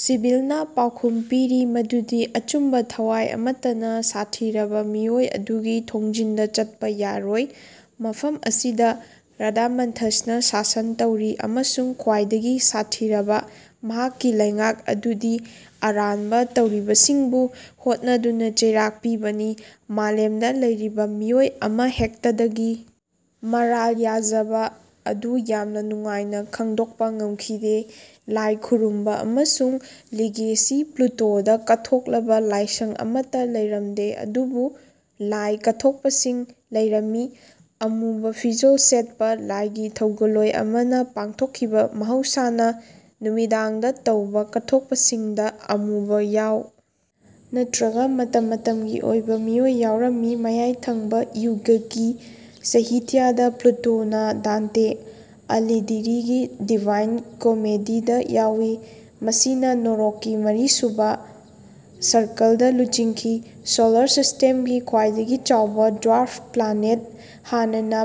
ꯁꯤꯕꯤꯜꯅ ꯄꯥꯎꯈꯨꯝ ꯄꯤꯔꯤ ꯃꯗꯨꯗꯤ ꯑꯆꯨꯝꯕ ꯊꯋꯥꯏ ꯑꯃꯠꯇꯅ ꯁꯥꯊꯤꯔꯕ ꯃꯤꯑꯣꯏ ꯑꯗꯨꯒꯤ ꯊꯣꯡꯖꯤꯟꯗ ꯆꯠꯄ ꯌꯥꯔꯣꯏ ꯃꯐꯝ ꯑꯁꯤꯗ ꯔꯥꯗꯥꯃꯟꯊꯁꯅ ꯁꯥꯁꯟ ꯇꯧꯔꯤ ꯑꯃꯁꯨꯡ ꯈ꯭ꯋꯥꯏꯗꯒꯤ ꯁꯥꯊꯤꯕ ꯃꯍꯥꯛꯀꯤ ꯂꯩꯉꯥꯛ ꯑꯗꯨꯗꯤ ꯑꯔꯥꯟꯕ ꯇꯧꯔꯤꯕꯁꯤꯡꯕꯨ ꯍꯣꯠꯅꯗꯨꯅ ꯆꯩꯔꯥꯛ ꯄꯤꯕꯅꯤ ꯃꯥꯂꯦꯝꯗ ꯂꯩꯔꯤꯕ ꯃꯤꯑꯣꯏ ꯑꯃꯍꯦꯛꯇꯗꯒꯤ ꯃꯔꯥꯜ ꯌꯥꯖꯕ ꯑꯗꯨ ꯌꯥꯝꯅ ꯅꯨꯡꯉꯥꯏꯅ ꯈꯪꯗꯣꯛꯄ ꯉꯝꯈꯤꯗꯦ ꯂꯥꯏ ꯈꯨꯔꯨꯝꯕ ꯑꯃꯁꯨꯡ ꯂꯤꯒꯦꯁꯤ ꯄ꯭ꯂꯨꯇꯣꯗ ꯀꯠꯊꯣꯛꯂꯕ ꯂꯥꯏꯁꯪ ꯑꯃꯠꯇ ꯂꯩꯔꯝꯗꯦ ꯑꯗꯨꯕꯨ ꯂꯥꯏ ꯀꯠꯊꯣꯛꯄꯁꯤꯡ ꯂꯩꯔꯝꯃꯤ꯫ ꯑꯃꯨꯕ ꯐꯤꯖꯣꯜ ꯁꯦꯠꯄ ꯂꯥꯏꯒꯤ ꯊꯧꯒꯜꯂꯣꯏ ꯑꯃꯅ ꯄꯥꯡꯊꯣꯛꯈꯤꯕ ꯃꯍꯧꯁꯥꯅ ꯅꯨꯃꯤꯗꯥꯡꯗ ꯇꯧꯕ ꯀꯠꯊꯣꯛꯄꯁꯤꯡꯗ ꯑꯃꯨꯕ ꯌꯥꯎ ꯅꯠꯇ꯭ꯔꯒ ꯃꯇꯝ ꯃꯇꯝꯒꯤ ꯑꯣꯏꯕ ꯃꯤꯑꯣꯏ ꯌꯥꯎꯔꯝꯃꯤ꯫ ꯃꯌꯥꯏ ꯊꯪꯕ ꯌꯨꯒꯀꯤ ꯁꯥꯍꯤꯇ꯭ꯌꯗ ꯄ꯭ꯂꯨꯇꯣꯅ ꯗꯥꯟꯇꯦ ꯑꯂꯤꯘꯤꯔꯤꯒꯤ ꯗꯤꯚꯥꯏꯟ ꯀꯣꯃꯦꯗꯤꯗ ꯌꯥꯎꯏ ꯃꯁꯤꯅ ꯅꯣꯔꯣꯛꯀꯤ ꯃꯔꯤꯁꯨꯕ ꯁꯔꯀꯜꯗ ꯂꯨꯆꯤꯡꯈꯤ꯫ ꯁꯣꯂꯔ ꯁꯤꯁ꯭ꯇꯦꯝꯒꯤ ꯈ꯭ꯋꯥꯏꯗꯒꯤ ꯆꯥꯎꯕ ꯗ꯭ꯋꯥꯔꯐ ꯄ꯭ꯂꯥꯅꯦꯠ ꯍꯥꯟꯅꯅ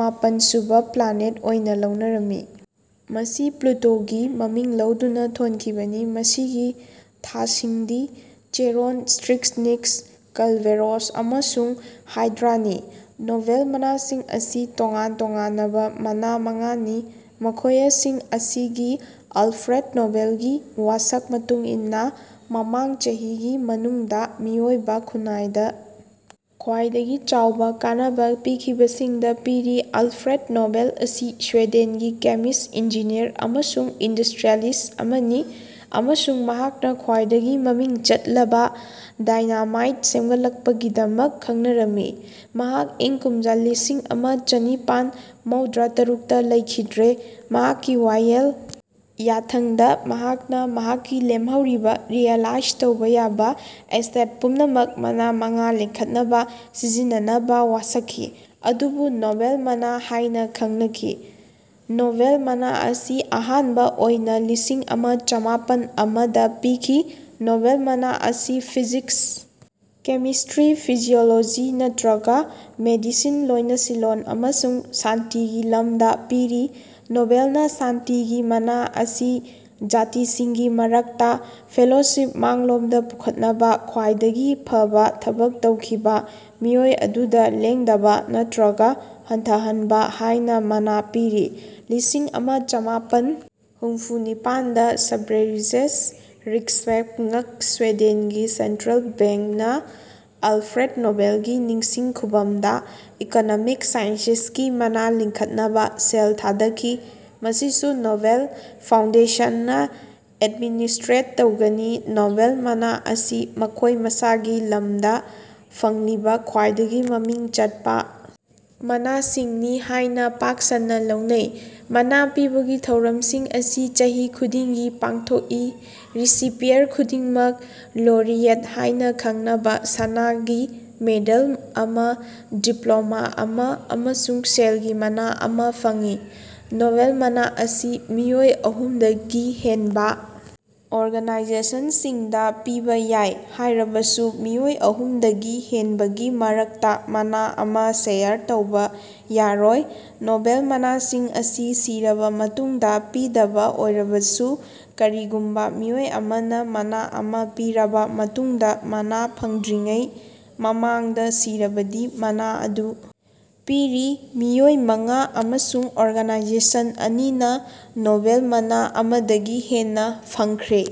ꯃꯥꯄꯟ ꯁꯨꯕ ꯄ꯭ꯂꯥꯅꯦꯠ ꯑꯣꯏꯅ ꯂꯧꯅꯔꯝꯃꯤ ꯃꯁꯤ ꯄ꯭ꯂꯨꯇꯣꯒꯤ ꯃꯃꯤꯡ ꯂꯧꯗꯨꯅ ꯊꯣꯟꯈꯤꯕꯅꯤ ꯃꯁꯤꯒꯤ ꯊꯥꯁꯤꯡꯗꯤ ꯆꯦꯔꯣꯟ ꯁ꯭ꯇꯤꯛꯁ ꯅꯤꯛꯁ ꯀꯔꯕꯦꯔꯣꯁ ꯑꯃꯁꯨꯡ ꯍꯥꯏꯗ꯭ꯔꯥꯅꯤ꯫ ꯅꯣꯕꯦꯜ ꯃꯅꯥꯁꯤꯡ ꯑꯁꯤ ꯇꯣꯉꯥꯟ ꯇꯣꯉꯥꯅꯕꯥ ꯃꯅꯥ ꯃꯉꯥꯅꯤ, ꯃꯈꯣꯌꯁꯤꯡ ꯑꯁꯤ ꯒꯤ ꯑꯜꯐ꯭ꯔꯦꯗ ꯅꯣꯕꯦꯜꯒꯤ ꯋꯥꯁꯛ ꯃꯇꯨꯡ ꯏꯟꯅꯥ ꯃꯃꯥꯡ ꯆꯍꯤꯒꯤ ꯃꯅꯨꯡꯗꯥ ꯃꯤꯑꯣꯏꯕꯥ ꯈꯨꯅꯥꯏꯗ ꯈ꯭ꯋꯥꯏꯗꯒꯤ ꯆꯥꯎꯕꯥ ꯀꯥꯟꯅꯕꯥ ꯄꯤꯈꯤꯕꯁꯤꯡꯗꯥ ꯄꯤꯔꯤ꯫ ꯑꯜꯐ꯭ꯔꯦꯗ ꯅꯣꯕꯦꯜ ꯑꯁꯤ ꯁ꯭ꯋꯤꯗꯦꯟꯒꯤ ꯀꯦꯃꯤꯁ꯭ꯠ ꯏꯟꯖꯤꯅꯤꯌꯔ ꯑꯃꯁꯨꯡ ꯏꯟꯗꯁ꯭ꯠꯔꯤꯌꯦꯂꯤꯁ꯭ꯠ ꯑꯃꯅꯤ ꯑꯃꯁꯨꯡ ꯃꯍꯥꯛꯅꯥ ꯈ꯭ꯋꯥꯏꯗꯒꯤ ꯃꯃꯤꯡ ꯆꯠꯂꯕꯥ ꯗꯥꯏꯅꯥꯃꯥꯏꯠ ꯁꯦꯃꯒꯠꯄꯒꯤꯗꯃꯛ ꯈꯪꯅꯔꯝꯃꯤ꯫ ꯃꯍꯥꯛ ꯏꯪ ꯀꯨꯝꯖ ꯂꯤꯁꯤꯡ ꯑꯃ ꯆꯅꯤꯄꯥꯟ ꯃꯧꯗ꯭ꯔꯥ ꯇꯔꯨꯛꯇ ꯂꯩꯈꯤꯗ꯭ꯔꯦ꯫ ꯃꯍꯥꯛꯀꯤ ꯋꯥꯌꯦꯜ ꯌꯥꯊꯪꯗꯥ ꯃꯍꯥꯛꯅꯥ ꯃꯍꯥꯛꯀꯤ ꯂꯦꯝꯍꯧꯔꯤꯕꯥ ꯔꯤꯑꯦꯂꯥꯏꯖ ꯇꯧꯕꯥ ꯌꯥꯕꯥ ꯑꯦꯁꯦꯠ ꯄꯨꯝꯅꯃꯛ ꯃꯅꯥ ꯃꯉꯥ ꯂꯤꯡꯈꯠꯅꯕꯥ ꯁꯤꯖꯤꯟꯅꯅꯕꯥ ꯋꯥꯁꯛꯈꯤ ꯃꯗꯨꯕꯨ ꯅꯣꯕꯦꯜ ꯃꯅꯥ ꯍꯥꯏꯅꯥ ꯈꯪꯅꯈꯤ꯫ ꯅꯣꯕꯦꯜ ꯃꯅꯥ ꯑꯁꯤ ꯑꯍꯥꯟꯕꯥ ꯑꯣꯏꯅꯥ ꯂꯤꯁꯤꯡ ꯑꯃ ꯆꯃꯥꯄꯟ ꯑꯃꯗ ꯄꯤꯈꯤ꯫ ꯅꯣꯕꯦꯜ ꯃꯅꯥ ꯑꯁꯤ ꯐꯤꯖꯤꯛꯁ ꯀꯦꯃꯤꯁ꯭ꯠꯇ꯭ꯔꯤ ꯐꯤꯖꯤꯑꯣꯂꯣꯖꯤ ꯅꯠꯔꯒꯥ ꯃꯦꯗꯤꯁꯤꯟ ꯂꯣꯏꯅꯁꯤꯜꯂꯣꯟ ꯑꯃꯁꯨꯡ ꯁꯥꯟꯇꯤꯒꯤ ꯂꯝꯗꯥ ꯄꯤꯔꯤ꯫ ꯅꯣꯕꯦꯜꯅꯥ ꯁꯥꯟꯇꯤꯒꯤ ꯃꯅꯥ ꯑꯁꯤ ꯖꯥꯇꯤꯁꯤꯡꯒꯤ ꯃꯔꯛꯇꯥ ꯐꯦꯂꯣꯁꯤꯞ ꯃꯥꯡꯂꯣꯝꯗꯥ ꯄꯨꯈꯠꯅꯕꯥ ꯈ꯭ꯋꯥꯏꯗꯒꯤ ꯐꯕꯥ ꯊꯕꯛ ꯇꯧꯈꯤꯕꯥ ꯃꯤꯑꯣꯏ ꯑꯗꯨꯗꯥ ꯂꯦꯡꯗꯕꯥ ꯅꯠꯇ꯭ꯔꯒꯥ ꯍꯟꯊꯍꯟꯕꯥ ꯍꯥꯏꯅꯥ ꯃꯅꯥ ꯄꯤꯔꯤ꯫ ꯂꯤꯁꯤꯡ ꯑꯃ ꯆꯃꯥꯄꯟ ꯍꯨꯝꯐꯨ ꯅꯤꯄꯥꯟꯗ ꯁ꯭ꯕꯦꯔꯤꯖꯦꯁ ꯔꯤꯛꯁꯕꯦꯉ꯭ꯛ ꯁ꯭ꯋꯤꯗꯦꯟꯒꯤ ꯁꯦꯟꯇ꯭ꯔꯦꯜ ꯕꯦꯡꯛ ꯅꯥ ꯑꯜꯐ꯭ꯔꯦꯗ ꯅꯣꯕꯦꯜꯒꯤ ꯅꯤꯡꯁꯤꯡ ꯈꯨꯚꯝꯗꯥ ꯏꯀꯣꯅꯣꯃꯤꯛ ꯁꯥꯏꯟꯁꯦꯁꯀꯤ ꯃꯅꯥ ꯂꯤꯡꯈꯠꯅꯕꯥ ꯁꯦꯜ ꯊꯥꯗꯈꯤ ꯃꯁꯤꯁꯨ ꯅꯣꯕꯦꯜ ꯐꯥꯎꯟꯗꯦꯁꯟꯅꯥ ꯑꯦꯗꯃꯤꯅꯤꯁ꯭ꯠꯇ꯭ꯔꯦꯠ ꯇꯧꯒꯅꯤ꯫ ꯅꯣꯕꯦꯜ ꯃꯅꯥ ꯑꯁꯤ ꯃꯈꯣꯏ ꯃꯁꯥꯒꯤ ꯂꯝꯗꯥ ꯐꯪꯂꯤꯕꯥ ꯈ꯭ꯋꯥꯏꯗꯒꯤ ꯃꯃꯤꯡ ꯆꯠꯄꯥ ꯃꯅꯥꯁꯤꯡꯅꯤ ꯍꯥꯏꯅꯥ ꯄꯥꯛ ꯁꯟꯅꯥ ꯂꯧꯅꯩ꯫ ꯃꯅꯥ ꯄꯤꯕꯒꯤ ꯊꯧꯔꯝꯁꯤꯡ ꯑꯁꯤ ꯆꯍꯤ ꯈꯨꯗꯤꯡꯒꯤ ꯄꯥꯡꯊꯣꯛꯏ꯫ ꯔꯤꯁꯤꯄꯤꯌꯔ ꯈꯨꯗꯤꯡꯃꯛ ꯂꯣꯔꯤꯑꯦꯠ ꯍꯥꯏꯅꯥ ꯈꯪꯅꯕꯥꯅꯥ ꯁꯅꯥꯒꯤ ꯃꯦꯗꯜ ꯑꯃꯥ ꯗꯤꯄ꯭ꯂꯣꯃꯥ ꯑꯃꯥ ꯑꯃꯁꯨꯡ ꯁꯦꯜꯒꯤ ꯃꯅꯥ ꯑꯃꯥ ꯐꯪꯏ꯫ ꯅꯣꯕꯦꯜ ꯃꯅꯥ ꯑꯁꯤ ꯃꯤꯑꯣꯏ ꯑꯍꯨꯝꯗꯒꯤ ꯍꯦꯟꯕꯥ ꯑꯣꯔꯒꯅꯥꯏꯖꯦꯁꯟꯁꯤꯡꯗꯥ ꯄꯤꯕꯥ ꯌꯥꯏ ꯍꯥꯏꯔꯕꯁꯨ ꯃꯤꯑꯣꯏ ꯑꯍꯨꯝꯗꯒꯤ ꯍꯦꯟꯕꯒꯤ ꯃꯔꯛꯇꯥ ꯃꯅꯥ ꯑꯃꯥ ꯁꯦꯌꯔ ꯇꯧꯕꯥ ꯌꯥꯔꯣꯏ꯫ ꯅꯣꯕꯦꯜ ꯃꯅꯥꯁꯤꯡ ꯑꯁꯤ ꯁꯤꯔꯕꯥ ꯃꯇꯨꯡꯗꯥ ꯄꯤꯗꯕꯥ ꯑꯣꯏꯔꯕꯁꯨ ꯀꯔꯤꯒꯨꯝꯕꯥ ꯃꯤꯑꯣꯏ ꯑꯃꯅꯥ ꯃꯅꯥ ꯑꯃꯥ ꯄꯤꯔꯕꯥ ꯃꯇꯨꯡꯗꯥ ꯃꯅꯥ ꯐꯪꯗ꯭ꯔꯤꯉꯩ ꯃꯃꯥꯡꯗꯥ ꯁꯤꯔꯕꯗꯤ ꯃꯅꯥ ꯑꯗꯨ ꯄꯤꯔꯤ꯫ ꯃꯤꯑꯣꯏ ꯃꯉꯥ ꯑꯃꯁꯨꯡ ꯑꯣꯔꯒꯅꯥꯏꯖꯦꯁꯟ ꯑꯅꯤꯅꯥ ꯅꯣꯕꯦꯜ ꯃꯅꯥ ꯑꯃꯗꯒꯤ ꯍꯦꯟꯅꯥ ꯐꯪꯈ꯭ꯔꯦ꯫